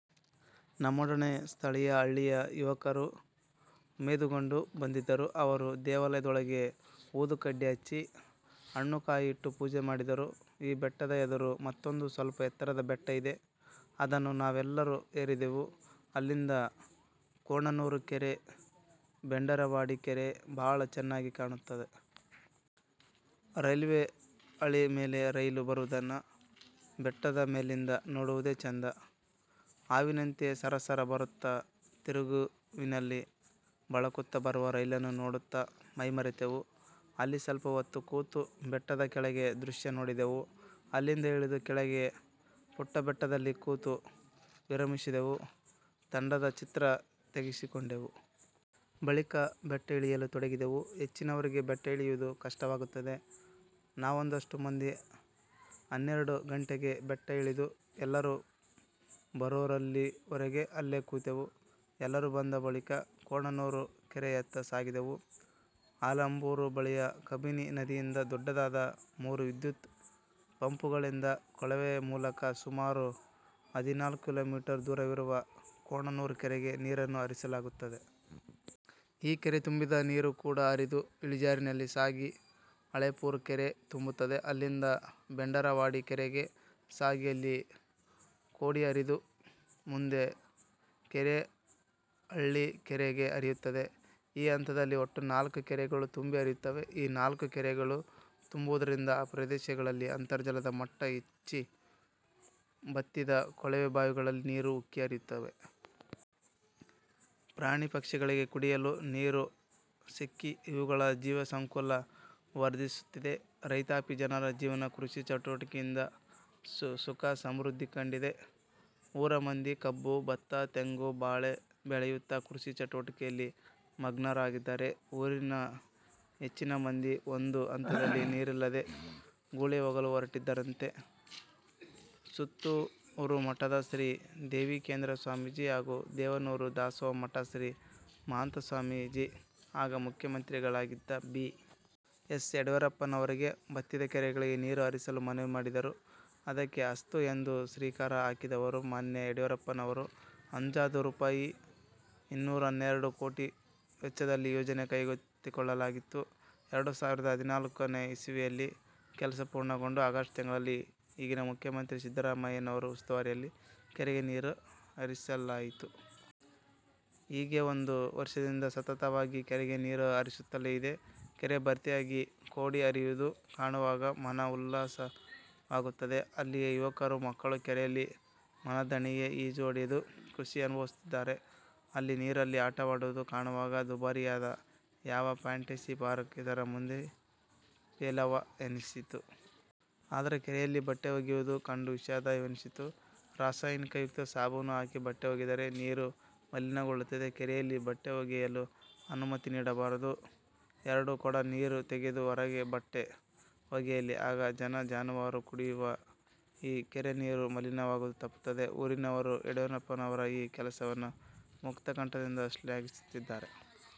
ನಮ್ಮೊಡನೆ ಸ್ಥಳೀಯ ಹಳ್ಳಿಯ ಯುವಕರೂ ಉಮೇದುಗೊಂಡು ಬಂದಿದ್ದರು. ಅವರು ದೇವಾಲಯದೊಳಗೆ ಊದುಕಡ್ಡಿ ಹಚ್ಚಿ ಹಣ್ಣುಕಾಯಿ ಇಟ್ಟು ಪೂಜೆ ಮಾಡಿದರು. ಈ ಬೆಟ್ಟದ ಎದುರು ಮತ್ತೊಂದು ಸ್ವಲ್ಪ ಎತ್ತರದ ಬೆಟ್ಟ ಇದೆ. ಅದನ್ನೂ ನಾವೆಲ್ಲ ಏರಿದೆವು. ಅಲ್ಲಿಂದ ಕೋಣನೂರು ಕೆರೆ, ಬೆಂಡರವಾಡಿ ಕೆರೆ ಬಹಳ ಚೆನ್ನಾಗಿ ಕಾಣುತ್ತದೆ. ರೈಲ್ವೇ ಹಳಿಮೇಲೆ ರೈಲು ಬರುವುದನ್ನು ಬೆಟ್ಟದಮೇಲಿಂದ ನೋಡುವುದೇ ಚಂದ. ಹಾವಿನಂತೆ ಸರಸರ ಬರುತ್ತ, ತಿರುವಿನಲ್ಲಿ ಬಳುಕುತ್ತ ಬರುವ ರೈಲನ್ನು ನೋಡುತ್ತ ಮೈಮರೆತೆವು. ಅಲ್ಲಿ ಸ್ವಲ್ಪ ಹೊತ್ತು ಕೂತು ಬೆಟ್ಟದ ಕೆಳಗಿನ ದೃಶ್ಯ ನೋಡಿದೆವು. ಅಲ್ಲಿಂದ ಇಳಿದು ಕೆಳಗಿನ ಪುಟ್ಟಬೆಟ್ಟದಲ್ಲಿ ಕೂತು ವಿರಮಿಸಿದೆವು. ತಂಡದ ಚಿತ್ರ ತೆಗೆಸಿಕೊಂಡೆವು. ಬಳಿಕ ಬೆಟ್ಟ ಇಳಿಯಲು ತೊಡಗಿದೆವು. ಹೆಚ್ಚಿನವರಿಗೆ ಬೆಟ್ಟ ಇಳಿಯುವುದು ಕಷ್ಟವಾಗುತ್ತದೆ. ನಾವೊಂದಷ್ಟು ಮಂದಿ ಹನ್ನೆರಡು ಗಂಟೆಗೆ ಬೆಟ್ಟ ಇಳಿದು ಎಲ್ಲರೂ ಬರುವಲ್ಲಿವರೆಗೆ ಅಲ್ಲೇ ಕೂತೆವು. ಎಲ್ಲರೂ ಬಂದ ಬಳಿಕ ಕೋಣನೂರು ಕೆರೆಯತ್ತ ಸಾಗಿದೆವು. ಆಲಂಬೂರು ಬಳಿಯ ಕಬಿನಿ ನದಿಯಿಂದ ದೊಡ್ದದಾದ ಮೂರು ವಿದ್ಯುತ್ ಪಂಪುಗಳಿಂದ ಕೊಳವೆಮೂಲಕ ಸುಮಾರು ಹದಿನಾಲ್ಕು ಕಿಲೋಮೀಟರ್ ದೂರವಿರುವ ಕೋಣನೂರು ಕೆರೆಗೆ ನೀರನ್ನು ಹರಿಸಲಾಗುತ್ತದೆ. ಈ ಕೆರೆ ತುಂಬಿದ ನೀರು ಕೋಡಿ ಹರಿದು ಇಳಿಜಾರಿನಲ್ಲಿ ಸಾಗಿ ಹಳೇಪುರಕೆರೆ ತುಂಬುತ್ತದೆ. ಅಲ್ಲಿಂದ ಬೆಂಡರವಾಡಿಕೆರೆಗೆ ಸಾಗಿ ಅಲ್ಲಿ ಕೋಡಿ ಹರಿದು ಮುಂದೆ ಕೆರೆಹಳ್ಳಿ ಕೆರೆಗೆ ಹರಿಯುತ್ತದೆ. ಈ ಹಂತದಲ್ಲಿ ಒಟ್ಟು ನಾಲ್ಕು ಕೆರೆಗಳು ತುಂಬಿ ಹರಿಯುತ್ತಿವೆ. ಈ ನಾಲ್ಕೂಕೆರೆಗಳು ತುಂಬಿರುವುದರಿಂದ ಆ ಪ್ರದೇಶಗಳಲ್ಲಿ ಅಂತರ್ಜಲದ ಮಟ್ಟ ಹೆಚ್ಚಿ ಬತ್ತಿದ ಕೊಳವೆಬಾವಿಗಳಲ್ಲಿ ನೀರು ಉಕ್ಕಿ ಹರಿಯುತ್ತಿವೆ. ಪ್ರಾಣಿಪಕ್ಷಿಗಳಿಗೆ ಕುಡಿಯಲು ನೀರು ಸಿಕ್ಕಿ ಅವುಗಳ ಜೀವಸಂಕುಲ ವರ್ಧಿಸುತ್ತಿವೆ. ರೈತಾಪಿಜನರ ಜೀವನ ಕೃಷಿ ಚಟುವಟಿಕೆಯಿಂದ ಸುಖ ಸಮೃದ್ಧಿ ಕಂಡಿವೆ. ಊರಮಂದಿ ಕಬ್ಬು, ಭತ್ತ ತೆಂಗು ಬಾಳೆ ಬೆಳೆಯುತ್ತ ಕೃಷಿ ಚಟುವಟಿಕೆಯಲ್ಲಿ ಮಗ್ನರಾಗಿದ್ದಾರೆ. ಊರಿನ ಹೆಚ್ಚಿನಮಂದಿ ಒಂದುಹಂತದಲ್ಲಿ ನೀರಿಲ್ಲದೆ ಗುಳೆಹೋಗಲು ಹೊರಟಿದ್ದರಂತೆ. ಸುತ್ತೂರುಮಠದ ಶ್ರೀ ದೇಶಿಕೇಂದ್ರ ಸ್ವಾಮೀಜಿ, ಹಾಗೂ ದೇವನೂರು ದಾಸೋಹಮಠದ ಶ್ರೀ ಮಹಾಂತ ಸ್ವಾಮೀಜಿ ಆಗ ಮುಖ್ಯಮಂತ್ರಿಗಳಾಗಿದ್ದ ಬಿ. ಎಸ್. ಯಡಿಯೂರಪ್ಪನವರಿಗೆ ಬತ್ತಿದ ಕೆರೆಗಳಿಗೆ ನೀರು ಹರಿಸಲು ಮನವಿ ಮಾಡಿದ್ದರು. ಅದಕ್ಕೆ ಅಸ್ತು ಎಂದು ಶ್ರೀಕಾರ ಹಾಕಿದವರು ಮಾನ್ಯ ಯಡಿಯೂರಪ್ಪನವರು. ಅಂದಾಜು ರೂಪಾಯಿ. ಇನ್ನೂರ ಹನ್ನೆರಡು ಕೋಟಿ ವೆಚ್ಚದಲ್ಲಿ ಯೋಜನೆ ಕೈಗೆತ್ತಿಕೊಳ್ಳಲಾಗಿತ್ತು. ಎರಡು ಸಾವಿರದ ಹದಿನಾಲ್ಕನೇ ಇಸವಿಯಲ್ಲಿ ಕೆಲಸ ಪೂರ್ಣಗೊಂಡು ಆಗಸ್ಟ್ ತಿಂಗಳಲ್ಲಿ ಈಗಿನ ಮುಖ್ಯಮಂತ್ರಿ ಸಿದ್ದರಾಮಯ್ಯನವರ ಉಸ್ತುವಾರಿಯಲ್ಲಿ ಕೆರೆಗೆ ನೀರು ಹರಿಯಿತು. ಈಗ್ಗೆ ಒಂದು ವರ್ಷದಿಂದಲೂ ಸತತವಾಗಿ ಕೆರೆಗೆ ನೀರು ಹರಿಯುತ್ತಲೇ ಇದೆ. ಕೆರೆ ಭರ್ತಿಯಾಗಿ ಕೋಡಿ ಹರಿಯುವುದು ಕಾಣುವಾಗ ಮನ ಉಲ್ಲಸಿತವಾಗುತ್ತದೆ. ಅಲ್ಲಿಯ ಯುವಕರು ಮಕ್ಕಳು ಕೆರೆಯಲ್ಲಿ ಮನದಣಿಯೆ ಈಜು ಹೊಡೆದು ಖುಷಿ ಅನುಭವಿಸುತ್ತಿದ್ದಾರೆ. ಅಲ್ಲಿ ನೀರಲ್ಲಿ ಆಟವಾಡುವುದು ಕಾಣುವಾಗ ದುಬಾರಿಯಾದ ಯಾವ ಫಾಂಟೆಸಿ ಪಾರ್ಕ್ ಇದರ ಮುಂದೆ ಪೇಲವ ಎನಿಸಿತು. ಆದರೆ ಕೆರೆಯಲ್ಲಿ ಬಟ್ಟೆ ಒಗೆಯುವುದು ಕಂಡು ವಿಷಾದವೆನಿಸಿತು. ರಾಸಾಯನಿಯುಕ್ತ ಸಾಬೂನು ಹಾಕಿ ಬಟ್ಟೆ ಒಗೆದರೆ ನೀರು ಮಲೀನಗೊಳ್ಳುತ್ತದೆ. ಕೆರೆಯಲ್ಲಿ ಬಟ್ಟೆ ಒಗೆಯಲು ಅನುಮತಿ ನೀಡಬಾರದು. ಎರಡು ಕೊಡ ನೀರು ತೆಗೆದು ಹೊರಗೆ ಬಟ್ಟೆ ಒಗೆಯಲಿ. ಆಗ ಜನ ಜಾನುವಾರು ಕುಡಿಯುವ ಈ ಕೆರೆನೀರು ಮಲಿನವಾಗುವುದು ತಪ್ಪುತ್ತದೆ. ಊರಿನವರು ಯಡಿಯೂರಪ್ಪನವರ ಈ ಕೆಲಸವನ್ನು ಮುಕ್ತಕಂಠದಿಂದ ಶ್ಲಾಘಿಸುತ್ತಿದ್ದಾರೆ.